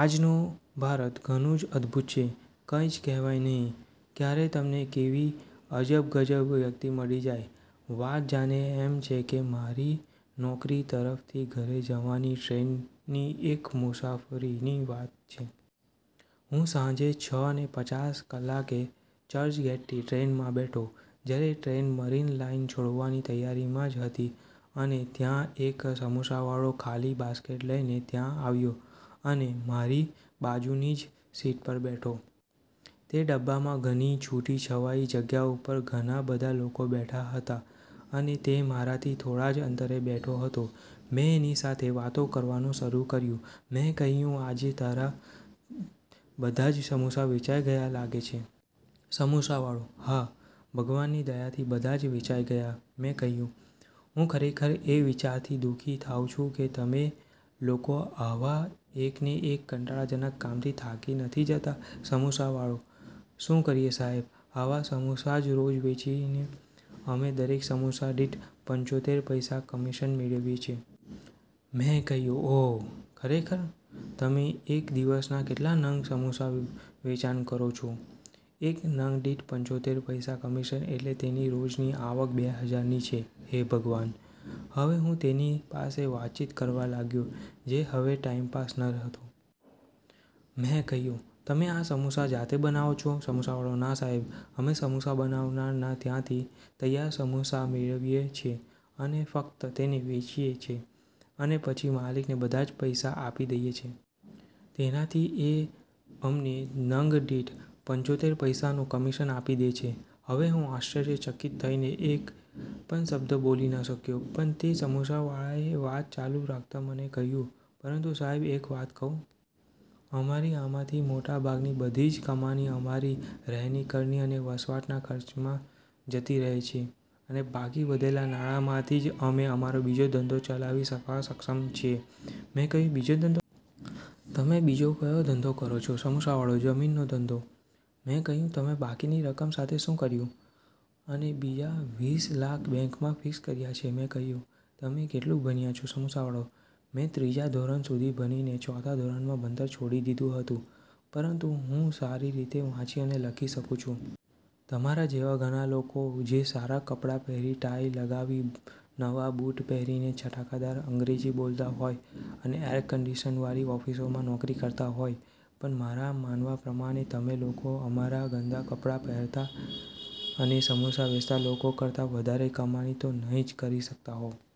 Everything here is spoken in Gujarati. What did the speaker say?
આજનું ભારત ઘણું જ અદભુત છે. કંઈ જ કહેવાય નહિ, ક્યારે તમને કેવી અજબ ગજબ વ્યક્તિ મળી જાય. વાત જાણે એમ છે કે, મારી નોકરી તરફથી ઘરે જવાની ટ્રેનની એ મુસાફરીની વાત છે. હું સાંજે છ ને પચાસ કલાકે ચર્ચગેટથી ટ્રેનમાં બેઠો, જ્યારે ટ્રેન મરીન લાઇન છોડવાની તૈયારીમાં જ હતી અને ત્યાં એક સમોસાવાળૉ ખાલી બાસ્કેટ લઇને ત્યાં આવ્યો અને મારી બાજુની જ સીટ પર બેઠો. તે ડબ્બામાં ઘણી છુટી છવાઈ જગ્યા ઉપર ઘણાં બધા લોકો બેઠા હતા. અને તે મારાથી થોડા જ અંતરે બેઠો હતો. મેં એની સાથે વાતો કરવાનું શરૂ કર્યુ. મેં કહ્યુ, "આજે તમારા બધા જ સમોસા વેચાઇ ગયા લાગે છે. સમોસાવાળૉ: હા ભગવાનની દયાથી બધાજ વેચાઈ ગયા. મેં કહ્યુ: હું ખરેખર એ વિચારથી દુ:ખી થાવ છું કે, તમેં લોકો આવા એકને એક કંટાળાજનક કામથી થાકી નથી જતા? સમોસાવાળો: શુ કરીએ સાહેબ? આવા સમોસા જ રોજ વેચીને અમેં દરેક સમોસા દીઠ પંચોતેર પૈસા કમીશન મેંળવીએ છે. મેં કહ્યુ: ઓહ્!! ખરેખર? તમેં એક દીવસના કેટલા નંગ સમોસા વેચાણ કરો છો? એક નંગદીઠ પંચોતેર પૈસા કમીશન એટલે તેની રોજની આવક બે હજાર છે. હે ભગવાન! હવે હું તેની પાસે વાતચીત કરવા લાગ્યો, જે હવે ટાઇમપાસ ન હતો. મેં કહ્યુ: તમેં આ સમોસા જાતે બનાવો છો? સમોસાવાળો: ના સાહેબ, અમેં સમોસા બનાવનારનાં ત્યાંથી તૈયાર સમોસા મેંળવીએ છે અને ફક્ત તેને વેચીએ છીએ અને પછી માલિકને બધા જ પૈસા આપી દઈએ છે. તેમાંથી એ અમને નંગ દીઠ પંચોતેર પૈસાનું કમીશન આપી દે છે. હવે હું આશ્ચ્રર્યચકિત થઈને એક પણ શબ્દ બોલી ન શક્યો, પણ તે સમોસાવાળાએ વાત ચાલુ રાખતા મને કહ્યુ "પરંતુ સાહેબ એક વાત કહું? અમારી આમાંથી મોટા ભાગની બધી જ કમાણી અમારી રહેણીકરણી અને વસવાટના ખર્ચામાં જ જતી રહે છે અને બાકી વધેલા નાણાંમાંથી જ અમેં અમારો બીજો ધંધો ચલાવી શકવા સક્ષમ છીએ. મેં કહ્યુ: બીજો ધંધો? તમેં બીજો કયો ધંધો કરો છો? સમોસાવાળો: જમીનનો ધંધો. મેં કહ્યુ: તમેં બાકીની રકમ સાથે શું કર્યું? અને બીજા વીસ લાખ બેન્કમાં ફીક્સ કર્યા છે. મેં કહ્યુ: તમે કેટલુ ભણ્યા છો? સમોસાવાળો: મેં ત્રીજા ધોરણ સુધી ભણીને ચોથા ધોરણમાં ભણતર છોડી દીધુ હતું, પરંતુ હું સારી રીતે વાંચી અને લખી શકુ છું. તમારા જેવા ઘણા લોકો જે સારા કપડા પહેરી ટાઈ લગાવી, નવા બુટ પહેરીને છટાદાર અંગ્રેજી બોલતા હોય અને એર કંડીશનવાળી ઓફીસોમાં નોકરી કરતા હોય છે, પણ મારા માનવા પ્રમાણે તમે લોકો અમારા ગંદા કપડા પહેરતા અને સમોસા વેચતા લોકો કરતા વધારે કમાણી તો નઈં જ કરી શકતા હોવ.